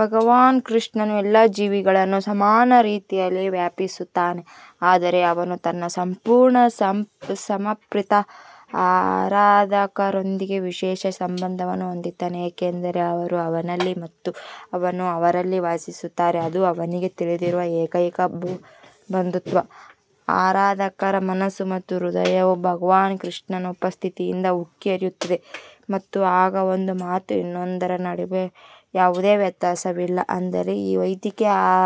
ಭಗವಾನ್ ಕೃಷ್ಣನು ಎಲ್ಲಾ ಜೀವಿಗಳನ್ನು ಸಮಾನ ರೀತಿಯಲ್ಲಿ ವ್ಯಾಪಿಸುತ್ತಾನೆ ಆದರೆ ಅವನು ತನ್ನ ಸಂಪೂರ್ಣ ಸಮರ್ಪಿತ ಆರಾಧಕರೊಂದಿಗೆ ವಿಶೇಷ ಸಂಬಂಧವನ್ನು ಹೊಂದಿದ್ದಾನೆ ಏಕೆಂದರೆ ಅವರು ಅವನಲ್ಲಿ ಮತ್ತು ಅವನು ಅವರಲ್ಲಿ ವಾಸಿಸುತ್ತಾರೆ ಇದು ಅವನಿಗೆ ತಿಳಿದಿರುವ ಏಕೈಕ ಬಂಧುತ್ವ. ಆರಾಧಕರ ಮನಸ್ಸು ಮತ್ತು ಹೃದಯವು ಭಗವಾನ್ ಕೃಷ್ಣನ ಉಪಸ್ಥಿತಿಯಿಂದ ಉಕ್ಕಿ ಹರಿಯುತ್ತದೆ ಮತ್ತು ಆಗ ಒಂದು ಮತ್ತು ಇನ್ನೊಂದರ ನಡುವೆ ಯಾವುದೇ ವ್ಯತ್ಯಾಸವಿಲ್ಲ ಆದರೆ ಈ ದೈವಿಕ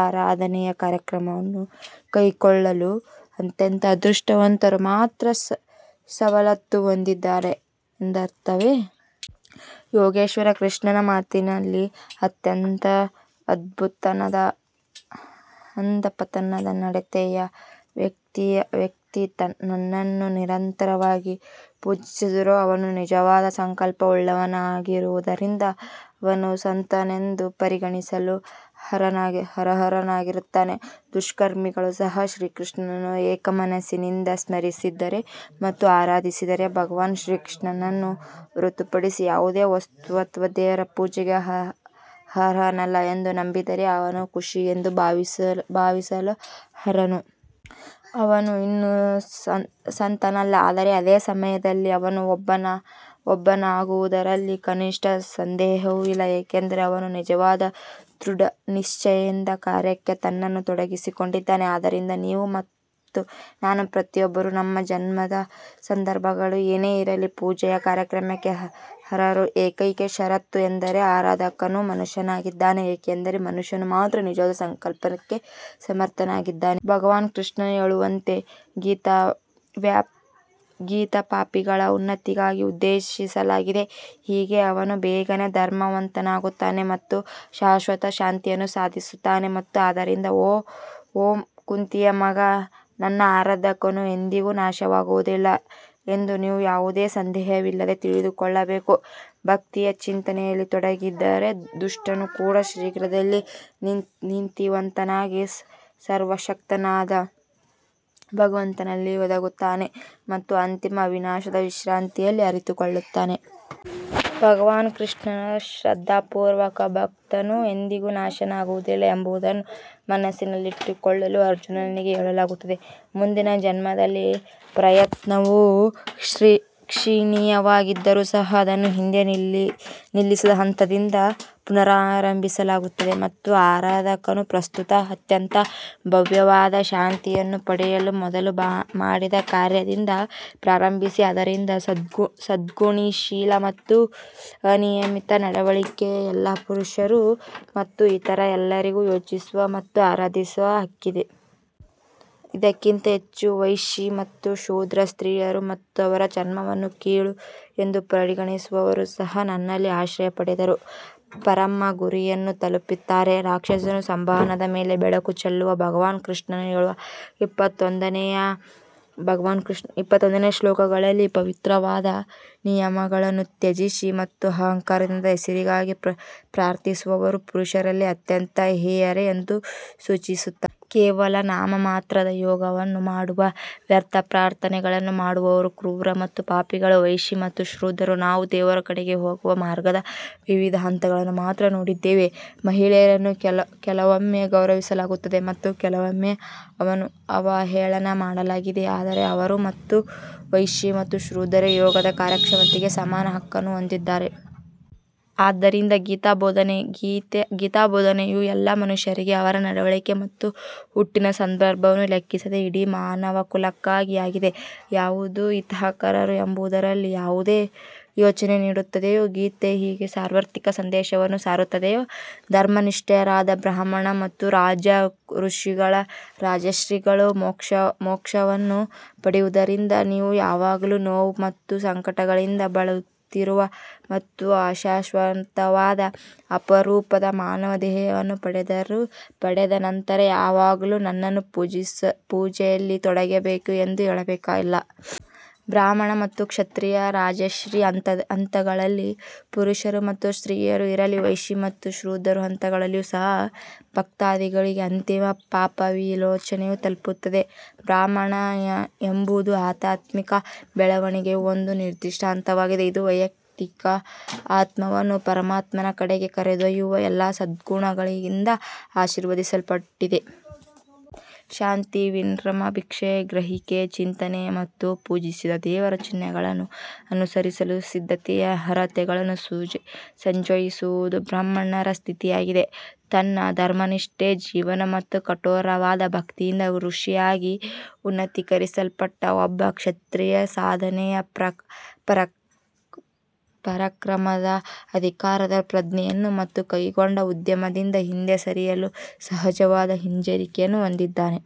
ಆರಾಧನೆಯ ಕಾರ್ಯವನ್ನು ಕೈಗೊಳ್ಳಲು ಅತ್ಯಂತ ಅದೃಷ್ಟವಂತರು ಮಾತ್ರ ಸವಲತ್ತು ಹೊಂದಿದ್ದಾರೆ ಎಂದರ್ಥವೇ? ಯೋಗೇಶ್ವರ್ ಕೃಷ್ಣನ ಮಾತಿನಲ್ಲಿ ಅತ್ಯಂತ ಅಧಃಪತನದ ನಡತೆಯ ವ್ಯಕ್ತಿ ನನ್ನನ್ನು ನಿರಂತರವಾಗಿ ಪೂಜಿಸಿದರೂ ಅವನು ನಿಜವಾದ ಸಂಕಲ್ಪವುಳ್ಳವನಾಗಿರುವುದರಿಂದ ಅವನು ಸಂತನೆಂದು ಪರಿಗಣಿಸಲು ಅರ್ಹನಾಗಿರುತ್ತಾನೆ. ದುಷ್ಕರ್ಮಿಗಳು ಸಹ ಶ್ರೀಕೃಷ್ಣನನ್ನು ಏಕಮನಸ್ಸಿನಿಂದ ಸ್ಮರಿಸಿದರೆ ಮತ್ತು ಆರಾಧಿಸಿದರೆ ಭಗವಾನ್ ಶ್ರೀಕೃಷ್ಣನನ್ನು ಹೊರತುಪಡಿಸಿ ಯಾವುದೇ ವಸ್ತು ಅಥವಾ ದೇವರು ಪೂಜೆಗೆ ಅರ್ಹನಲ್ಲ ಎಂದು ನಂಬಿದರೆ ಅವನು ಋಷಿ ಎಂದು ಭಾವಿಸಲು ಅರ್ಹನು. ಅವನು ಇನ್ನೂ ಸಂತನಲ್ಲ ಆದರೆ ಅದೇ ಸಮಯದಲ್ಲಿ ಅವನು ಒಬ್ಬನಾಗುವುದರಲ್ಲಿ ಕನಿಷ್ಠ ಸಂದೇಹವೂ ಇಲ್ಲ ಏಕೆಂದರೆ ಅವನು ನಿಜವಾದ ದೃಢನಿಶ್ಚಯದಿಂದ ಕಾರ್ಯಕ್ಕೆ ತನ್ನನ್ನು ತೊಡಗಿಸಿಕೊಂಡಿದ್ದಾನೆ. ಆದ್ದರಿಂದ ನೀವು ಮತ್ತು ನಾನು ಪ್ರತಿಯೊಬ್ಬರೂ ನಮ್ಮ ಜನ್ಮದ ಸಂದರ್ಭಗಳು ಏನೇ ಇರಲಿ ಪೂಜೆಯ ಕಾರ್ಯಕ್ಕೆ ಅರ್ಹರು. ಏಕೈಕ ಷರತ್ತು ಎಂದರೆ ಆರಾಧಕನು ಮನುಷ್ಯನಾಗಿದ್ದಾನೆ ಏಕೆಂದರೆ ಮನುಷ್ಯನು ಮಾತ್ರ ನಿಜವಾದ ಸಂಕಲ್ಪಕ್ಕೆ ಸಮರ್ಥನಾಗಿದ್ದಾನೆ. ಭಗವಾನ್ ಕೃಷ್ಣ ಹೇಳುವಂತೆ ಗೀತಾ ಪಾಪಿಗಳ ಉನ್ನತಿಗಾಗಿ ಉದ್ದೇಶಿಸಲಾಗಿದೆ. ಹೀಗೆ ಅವನು ಬೇಗನೇ ಧರ್ಮವಂತನಾಗುತ್ತಾನೆ ಮತ್ತು ಶಾಶ್ವತ ಶಾಂತಿಯನ್ನು ಸಾಧಿಸುತ್ತಾನೆ ಮತ್ತು ಆದ್ದರಿಂದ ಓ ಕುಂತಿಯ ಮಗ ನನ್ನ ಆರಾಧಕನು ಎಂದಿಗೂ ನಾಶವಾಗುವುದಿಲ್ಲ ಎಂದು ನೀವು ಯಾವುದೇ ಸಂದೇಹವಿಲ್ಲದೆ ತಿಳಿದುಕೊಳ್ಳಬೇಕು. ಭಕ್ತಿಯ ಚಿಂತನೆಯಲ್ಲಿ ತೊಡಗಿದರೆ ದುಷ್ಟನು ಕೂಡ ಶೀಘ್ರದಲ್ಲೇ ನೀತಿವಂತನಾಗಿ ಸರ್ವಶಕ್ತನಾದ ಭಗವಂತನಲ್ಲಿ ಒಂದಾಗುತ್ತಾನೆ ಮತ್ತು ಅಂತಿಮ ಅವಿನಾಶವಾದ ವಿಶ್ರಾಂತಿಯನ್ನು ಅರಿತುಕೊಳ್ಳುತ್ತಾನೆ. ಭಗವಾನ್ ಕೃಷ್ಣನ ಶ್ರದ್ಧಾಪೂರ್ವಕ ಭಕ್ತನು ಎಂದಿಗೂ ನಾಶವಾಗುವುದಿಲ್ಲ ಎಂಬುದನ್ನು ಮನಸ್ಸಿನಲ್ಲಿಟ್ಟುಕೊಳ್ಳಲು ಅರ್ಜುನನಿಗೆ ಹೇಳಲಾಗುತ್ತದೆ. ಮುಂದಿನ ಜನ್ಮದಲ್ಲಿ ಪ್ರಯತ್ನವು ಕ್ಷೀಣವಾಗಿದ್ದರೂ ಸಹ ಅದನ್ನು ಹಿಂದೆ ನಿಲ್ಲಿಸಿದ ಹಂತದಿಂದ ಪುನರಾರಂಭಿಸಲಾಗುತ್ತದೆ ಮತ್ತು ಆರಾಧಕನು ಪ್ರಸ್ತುತ ಅತ್ಯಂತ ಭವ್ಯವಾದ ಶಾಂತಿಯನ್ನು ಪಡೆಯುವ ಮೊದಲು ಮಾಡಿದ ಕಾರ್ಯದಿಂದ ಪ್ರಾರಂಭಿಸಿ. ಆದ್ದರಿಂದ ಸದ್ಗುಣಶೀಲ ಮತ್ತು ಅನೀತಿಯುತ ನಡವಳಿಕೆಯ ಎಲ್ಲಾ ಪುರುಷರು ಮತ್ತು ಇತರ ಎಲ್ಲರಿಗೂ ಯೋಚಿಸುವ ಮತ್ತು ಆರಾಧಿಸುವ ಹಕ್ಕಿದೆ. ಇದಕ್ಕಿಂತ ಹೆಚ್ಚು ವೈಶಿ ಮತ್ತು ಶೂದ್ರ ಸ್ತ್ರೀಯರು ಮತ್ತು ಅವರ ಜನ್ಮವನ್ನು ಕೀಳು ಎಂದು ಪರಿಗಣಿಸುವವರೂ ಸಹ ನನ್ನಲ್ಲಿ ಆಶ್ರಯ ಪಡೆದು ಪರಮ ಗುರಿಯನ್ನು ತಲುಪುತ್ತಾರೆ. ರಾಕ್ಷಸ ಸ್ವಭಾವದ ಮೇಲೆ ಬೆಳಕು ಚೆಲ್ಲುವ ಭಗವಾನ್ ಕೃಷ್ಣನು ಏಳು ಇಪ್ಪತ್ತೊಂದನೇ ಶ್ಲೋಕಗಳಲ್ಲಿ ಪವಿತ್ರವಾದ ನಿಯಮಗಳನ್ನು ತ್ಯಜಿಸಿ ಮತ್ತು ಅಹಂಕಾರದಿಂದ ಹೆಸರಿಗಾಗಿ ಪ್ರಾರ್ಥಿಸುವವರು ಪುರುಷರಲ್ಲಿ ಅತ್ಯಂತ ಹೇಯರು ಎಂದು ಸೂಚಿಸುತ್ತಾರೆ. ಕೇವಲ ನಾಮಮಾತ್ರದ ಯಾಗವನ್ನು ಮಾಡುವ ವ್ಯರ್ಥ ಪ್ರಾರ್ಥನೆಗಳನ್ನು ಮಾಡುವವರು ಕ್ರೂರ ಮತ್ತು ಪಾಪಿಗಳು. ವೈಶಿ ಮತ್ತು ಶೂದ್ರರು ನಾವು ದೇವರ ಕಡೆಗೆ ಹೋಗುವ ಮಾರ್ಗದ ವಿವಿಧ ಹಂತಗಳನ್ನು ಮಾತ್ರ ನೋಡಿದ್ದೇವೆ. ಮಹಿಳೆಯರನ್ನು ಕೆಲವೊಮ್ಮೆ ಗೌರವಿಸಲಾಗುತ್ತದೆ ಮತ್ತು ಕೆಲವೊಮ್ಮೆ ಅವಹೇಳನ ಮಾಡಲಾಗಿದೆ ಆದರೆ ಅವರು ಮತ್ತು ವೈಶಿ ಮತ್ತು ಶೂದ್ರರು ಯೋಗದ ಕಾರ್ಯಕ್ಷಮತೆಗೆ ಸಮಾನ ಹಕ್ಕನ್ನು ಹೊಂದಿದ್ದಾರೆ. ಆದ್ದರಿಂದ ಗೀತಾ ಬೋಧನೆಯು ಎಲ್ಲಾ ಮನುಷ್ಯರಿಗೆ ಅವರ ನಡವಳಿಕೆ ಮತ್ತು ಹುಟ್ಟಿನ ಸಂದರ್ಭವನ್ನು ಲೆಕ್ಕಿಸದೆ ಇಡೀ ಮಾನವಕುಲಕ್ಕಾಗಿ ಆಗಿದೆ. ಯಾವುದು ಹಿತಕರ ಎಂಬುದರಲ್ಲಿ ಯಾವುದೇ ತಾರತಮ್ಯವಿಲ್ಲದೆ ಅದು ನಮಗೆಲ್ಲರಿಗೂ ಸೂಚನೆ ನೀಡುತ್ತದೆ. ಗೀತಾ ಹೀಗೆ ಸಾರ್ವತ್ರಿಕ ಸಂದೇಶವನ್ನು ಸಾರುತ್ತದೆ. ಧರ್ಮನಿಷ್ಠರಾದ ಬ್ರಾಹ್ಮಣ ಮತ್ತು ರಾಜ ಋಷಿಗಳು ರಾಜರ್ಷಿಗಳು ಮೋಕ್ಷವನ್ನು ಪಡೆಯುವುದರಿಂದ ನೀವು ಯಾವಾಗಲೂ ನೋವು ಮತ್ತು ಸಂಕಟಗಳಿಂದ ಬಳಲುತ್ತಿರುವ ಮತ್ತು ಅಶಾಶ್ವತವಾದ ಅಪರೂಪದ ಮಾನವ ದೇಹವನ್ನು ಪಡೆದ ನಂತರ ಯಾವಾಗಲೂ ನನ್ನ ಪೂಜೆಯಲ್ಲಿ ತೊಡಗಬೇಕು ಎಂದು ಹೇಳಬೇಕಿಲ್ಲ. ಬ್ರಾಹ್ಮಣ ಮತ್ತು ಕ್ಷತ್ರಿಯ ರಾಜರ್ಷಿ ಹಂತಗಳಲ್ಲಿ ಪುರುಷರು ಮತ್ತು ಸ್ತ್ರೀಯರು ಇರಲಿ ವೈಶಿ ಮತ್ತು ಶೂದ್ರರ ಹಂತಗಳಲ್ಲಿಯೂ ಸಹ ಭಕ್ತಾದಿಗಳಿಗೆ ಅಂತಿಮ ಪಾಪವಿಮೋಚನೆಯು ತಲುಪುತ್ತದೆ. ಬ್ರಾಹ್ಮಣ ಎಂಬುದು ಆಧ್ಯಾತ್ಮಿಕ ಬೆಳವಣಿಗೆಯ ಒಂದು ನಿರ್ದಿಷ್ಟ ಹಂತವಾಗಿದೆ ಇದು ವೈಯಕ್ತಿಕ ಆತ್ಮವನ್ನು ಪರಮಾತ್ಮನ ಕಡೆಗೆ ಕರೆದೊಯ್ಯುವ ಎಲ್ಲಾ ಸದ್ಗುಣಗಳಿಂದ ಆಶೀರ್ವದಿಸಲ್ಪಟ್ಟಿದೆ. ಶಾಂತಿ ವಿನಮ್ರ ಭಿಕ್ಷೆಯ ಗ್ರಹಿಕೆ ಚಿಂತನೆ ಮತ್ತು ಪೂಜಿಸಿದ ದೇವರ ಚಿಹ್ನೆಗಳನ್ನು ಅನುಸರಿಸಲು ಸಿದ್ಧತೆಯ ಅರ್ಹತೆಗಳನ್ನು ಸಂಯೋಜಿಸುವುದು ಬ್ರಾಹ್ಮಣರ ಸ್ಥಿತಿಯಾಗಿದೆ. ತನ್ನ ಧರ್ಮನಿಷ್ಠ ಜೀವನ ಮತ್ತು ಕಠೋರವಾದ ಭಕ್ತಿಯಿಂದ ಋಷಿಯಾಗಿ ಉನ್ನತೀಕರಿಸಲ್ಪಟ್ಟ ಒಬ್ಬ ಕ್ಷತ್ರಿಯನು ಸಾಧನೆಯ ಪರಾಕ್ರಮದ ಅಧಿಕಾರದ ಪ್ರಜ್ಞೆಯನ್ನು ಮತ್ತು ಕೈಗೊಂಡ ಉದ್ಯಮದಿಂದ ಹಿಂದೆ ಸರಿಯಲು ಸಹಜವಾದ ಹಿಂಜರಿಕೆಯನ್ನು ಹೊಂದಿದ್ದಾನೆ.